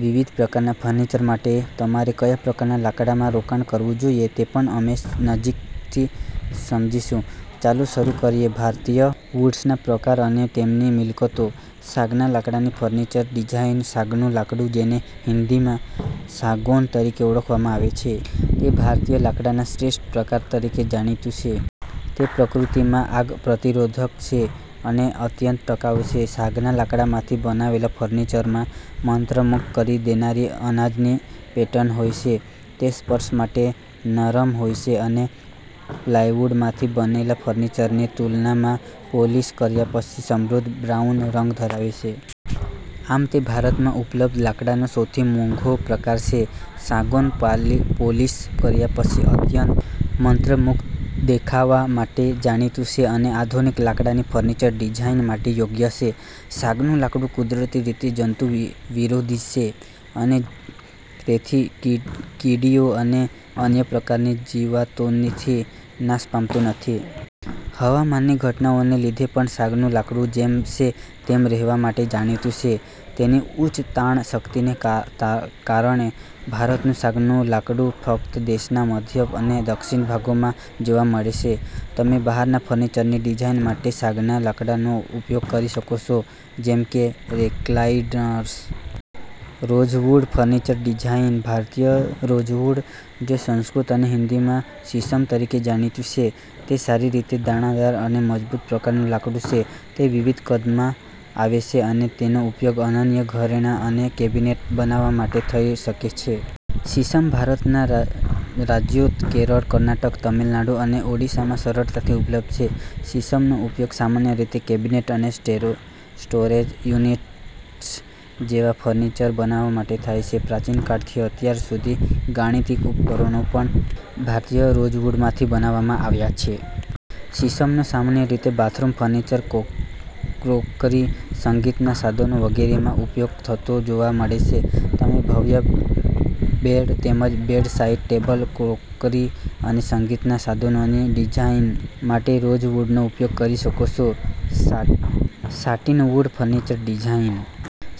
વિવિધ પ્રકારના ફર્નિચર માટે તમારે કયા પ્રકારના લાકડામાં રોકાણ કરવું જોઈએ તે પણ અમે નજીકથી સમજીશું. ચાલો, શરૂ કરીએ. ભારતીય વૂડ્સના પ્રકાર અને તેમની મિલકતો. સાગના લાકડાની ફર્નિચર ડિઝાઇન. સાગનું લાકડું, જેને હિન્દીમાં સાગૌન તરીકે ઓળખવામાં આવે છે, તે ભારતીય લાકડાના શ્રેષ્ઠ પ્રકાર તરીકે જાણીતું છે. તે પ્રકૃતિમાં આગ-પ્રતિરોધક છે અને અત્યંત ટકાઉ છે. સાગના લાકડામાંથી બનાવેલા ફર્નિચરમાં મંત્રમુગ્ધ કરી દેનારી અનાજની પેટર્ન હોય છે. તે સ્પર્શ માટે નરમ હોય છે અને પ્લાયવુડમાંથી બનેલા ફર્નિચરની તુલનામાં પોલિશ કર્યા પછી સમૃદ્ધ બ્રાઉન રંગ ધરાવે છે. આમ, તે ભારતમાં ઉપલબ્ધ લાકડાનો સૌથી મોંઘો પ્રકાર છે. સાગૌન પોલિશ કર્યા પછી અત્યંત મંત્રમુગ્ધ દેખાવા માટે જાણીતું છે અને આધુનિક લાકડાની ફર્નિચર ડિઝાઇન માટે યોગ્ય છે. સાગનું લાકડું કુદરતી રીતે જંતુ વિરોધી છે અને તેથી કીડીઓ અને અન્ય પ્રકારની જીવાતોથી નાશ પામતું નથી. હવામાનની ઘટનાઓને લીધે પણ સાગનું લાકડું જેમ છે તેમ રહેવા માટે જાણીતું છે, તેની ઉચ્ચ તાણ શક્તિને કારણે. ભારતનું સાગનું લાકડું ફક્ત દેશના મધ્ય અને દક્ષિણ ભાગોમાં જોવા મળે છે. તમે બહારના ફર્નિચરની ડિઝાઇન માટે સાગના લાકડાનો ઉપયોગ કરી શકો છો, જેમ કે રેક્લાઇનર્સ. Rosewood furniture design. ભારતીય રોઝવુડ, જે સંસ્કૃત અને હિન્દીમાં 'શીશમ' તરીકે જાણીતું છે, તે સારી રીતે દાણાદાર અને મજબૂત પ્રકારનું લાકડું છે. તે વિવિધ કદમાં આવે છે અને તેનો ઉપયોગ અનન્ય ઘરેણાં અને કેબિનેટ બનાવવા માટે થઈ શકે છે. શીશમ ભારતના રાજ્યો કેરળ, કર્ણાટક, તમિલનાડુ અને ઓડિશામાં સરળતાથી ઉપલબ્ધ છે. શીશમનો ઉપયોગ સામાન્ય રીતે કેબિનેટ અને સ્ટોરેજ યુનિટ્સ જેવા ફર્નિચર બનાવવા માટે થાય છે. પ્રાચીન કાળથી અત્યાર સુધી ગાણિતિક ઉપકરણો પણ ભારતીય રોઝવુડમાંથી બનાવવામાં આવ્યા છે. શીશમનો સામાન્ય રીતે બાથરૂમ ફર્નિચર, ક્રોકરી, સંગીતનાં સાધનો વગેરેમાં ઉપયોગ થતો જોવા મળે છે. તમે ભવ્ય બેડ તેમજ બેડસાઇડ ટેબલ, ક્રોકરી અને સંગીતનાં સાધનોની ડિઝાઇન માટે રોઝવુડનો ઉપયોગ કરી શકો છો. Satinwood furniture design.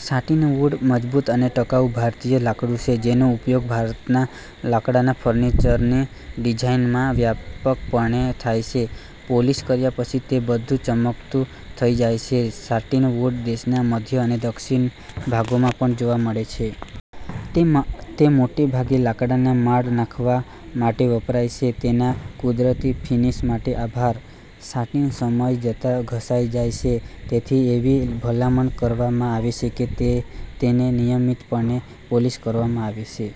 સાટીનવુડ મજબૂત અને ટકાઉ ભારતીય લાકડું છે જેનો ઉપયોગ ભારતના લાકડાના ફર્નિચરની ડિઝાઇનમાં વ્યાપકપણે થાય છે. પોલિશ કર્યા પછી, તે બધું ચમકતું થઈ જાય છે. સાટીનવુડ દેશના મધ્ય અને દક્ષિણ ભાગોમાં પણ જોવા મળે છે. તે મોટે ભાગે લાકડાના માળ નાખવા માટે વપરાય છે, તેના કુદરતી ફિનિશ માટે આભાર. સાટિન સમય જતાં ઘસાઈ જાય છે, તેથી એવી ભલામણ કરવામાં આવે છે કે તેને નિયમિતપણે પોલિશ કરવામાં આવે.